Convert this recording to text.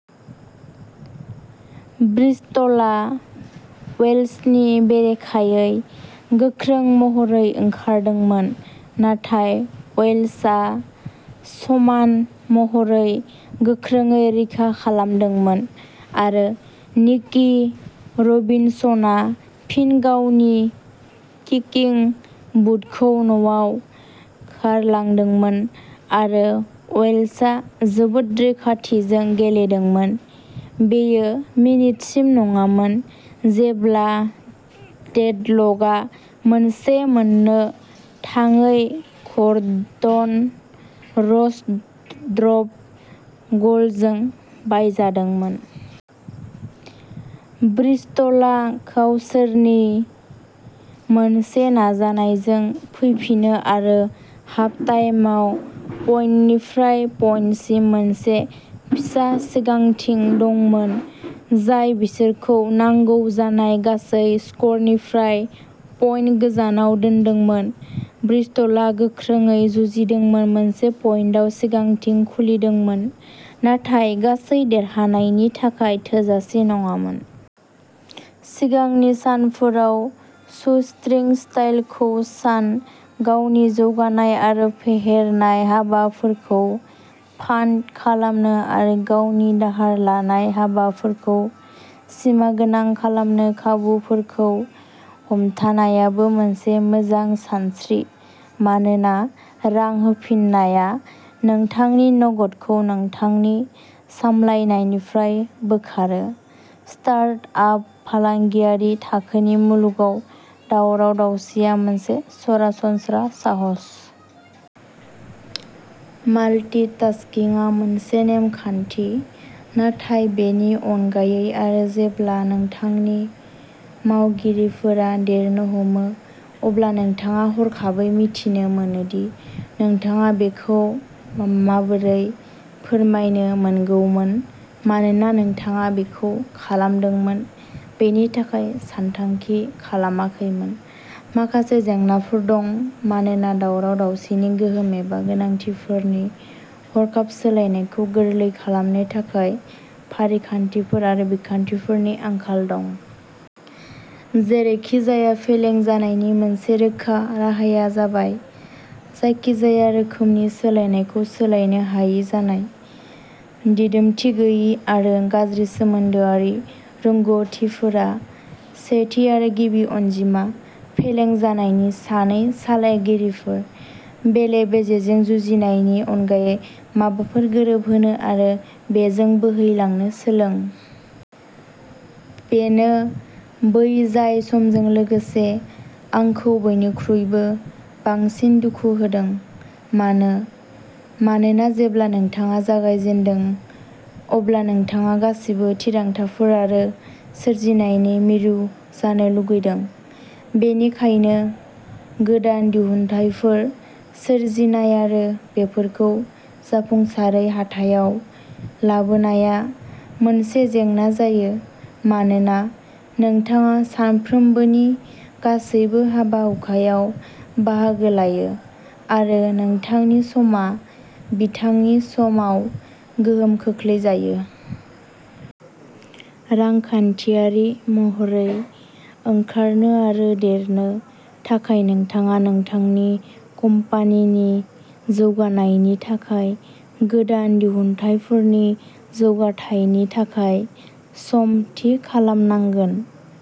ब्रिस्टलआ वेल्शनि बेरेखायै गोख्रों महरै ओंखारदोंमोन, नाथाय वेल्शआ समान महरै गोख्रोंयै रैखा खालामदोंमोन आरो निकि रबिनसनआ फिन गावनि किकिं बुटखौ न'आव गारलांदोंमोन आरो वेल्शआ जोबोद रैखाथिजों गेलेदोंमोन, बेयो मिनिटसिम नङामोन जेब्ला डेडल'कआ मोनसे मोननो थाङै ग'र्डन रस ड्रप गलजों बायजादोंमोन। ब्रिस्टलआ गावसोरनि मोनसे नाजानायजों फैफिनो आरो हाफ टाइमआव पइन्टनिफ्राय पइन्टसिम मोनसे फिसा सिगांथि दंमोन, जाय बिसोरखौ नांगौ जानाय गासै स्क'रनिफ्राय पइन्ट गोजानाव दोनदोंमोन। ब्रिस्टलआ गोख्रोंयै जुजिदोंमोन, मोनसे पइन्टआव सिगांथि खुलिदोंमोन, नाथाय गासै देरहानायनि थाखाय थोजासे नङामोन। सिगांनि सानफोराव शूस्ट्रिंग स्टाइलखौ सान। गावनि जौगानाय आरो फेहेरनाय हाबाफोरखौ फान्ड खालामनो आरो गावनि दाहार लानाय हाबाफोरखौ सिमागोनां खालामनो खाबुफोरखौ हमथानायाबो मोनसे मोजां सानस्रि मानोना रां होफिन्नाया नोंथांनि नगदखौ नोंथांनि सामलायनायनिफ्राय बोखारो। स्टार्ट आप फालांगियारि थाखोनि मुलुगाव दावराव-दावसिआ मोनसे सरासनस्रा साहस। माल्टिटास्किंआ मोनसे नेमखान्थि, नाथाय बेनि अनगायै आरो जेब्ला नोंथांनि मावगिरिफोरा देरनो हमो, अब्ला नोंथाङा हरखाबै मिथिनो मोनो दि नोंथाङा बेखौ माबोरै फोरमायनो मोनगौमोन, मानोना नोंथाङा बेखौ खालामदोंमोन, बेनि थाखाय सानथांखि खालामाखैमोन। माखासे जेंनाफोर दं, मानोना दावराव-दावसिनि गोहोम एबा गोनांथिफोरनि हरखाब सोलायनायखौ गोरलै खालामनो थाखाय फारिखान्थिफोर आरो बिखान्थिफोरनि आंखाल दं। जेरैखिजाया, फेलें जानायनि मोनसे रोखा राहाया जाबाय जायखिजाया रोखोमनि सोलायनायखौ सोलायनो हायै जानाय। दिदोमथि गैयै आरो गाज्रि सोमोन्दोआरि रोंग'थिफोरा सेथि आरो गिबि अनजिमा। फेलें जानायनि सानै सालायगिरिफोर। बेले-बेजेजों जुजिनायनि अनगायै माबोरै गोरोबहोनो आरो बेजों बोहैलांनो सोलों। बेनो बै जाय समजों लोगोसे आंखौ बयनिख्रुइबो बांसिन दुखु होदों। मानो? मानोना जेब्ला नोंथाङा जागायजेनदों, अब्ला नोंथाङा गासिबो थिरांथाफोर आरो सोरजिनायनि मिरु जानो लुगैदों। बेनिखायनो, गोदान दिहुनथायफोर सोरजिनाय आरो बेफोरखौ जाफुंसारै हाथायाव लाबोनाया मोनसे जेंना जायो मानोना नोंथाङा सानफ्रोमबोनि गासैबो हाबा-हुखायाव बाहागो लायो आरो नोंथांनि समआ बिथांनि समाव गोहोम खोख्लैजायो। रांखान्थियारि महरै ओंखारनो आरो देरनो थाखाय नोंथाङा नोंथांनि कम्पानिनि जौगानायनि थाखाय गोदान दिहुनथायफोरनि जौगाथायनि थाखाय सम थि खालामनांगोन।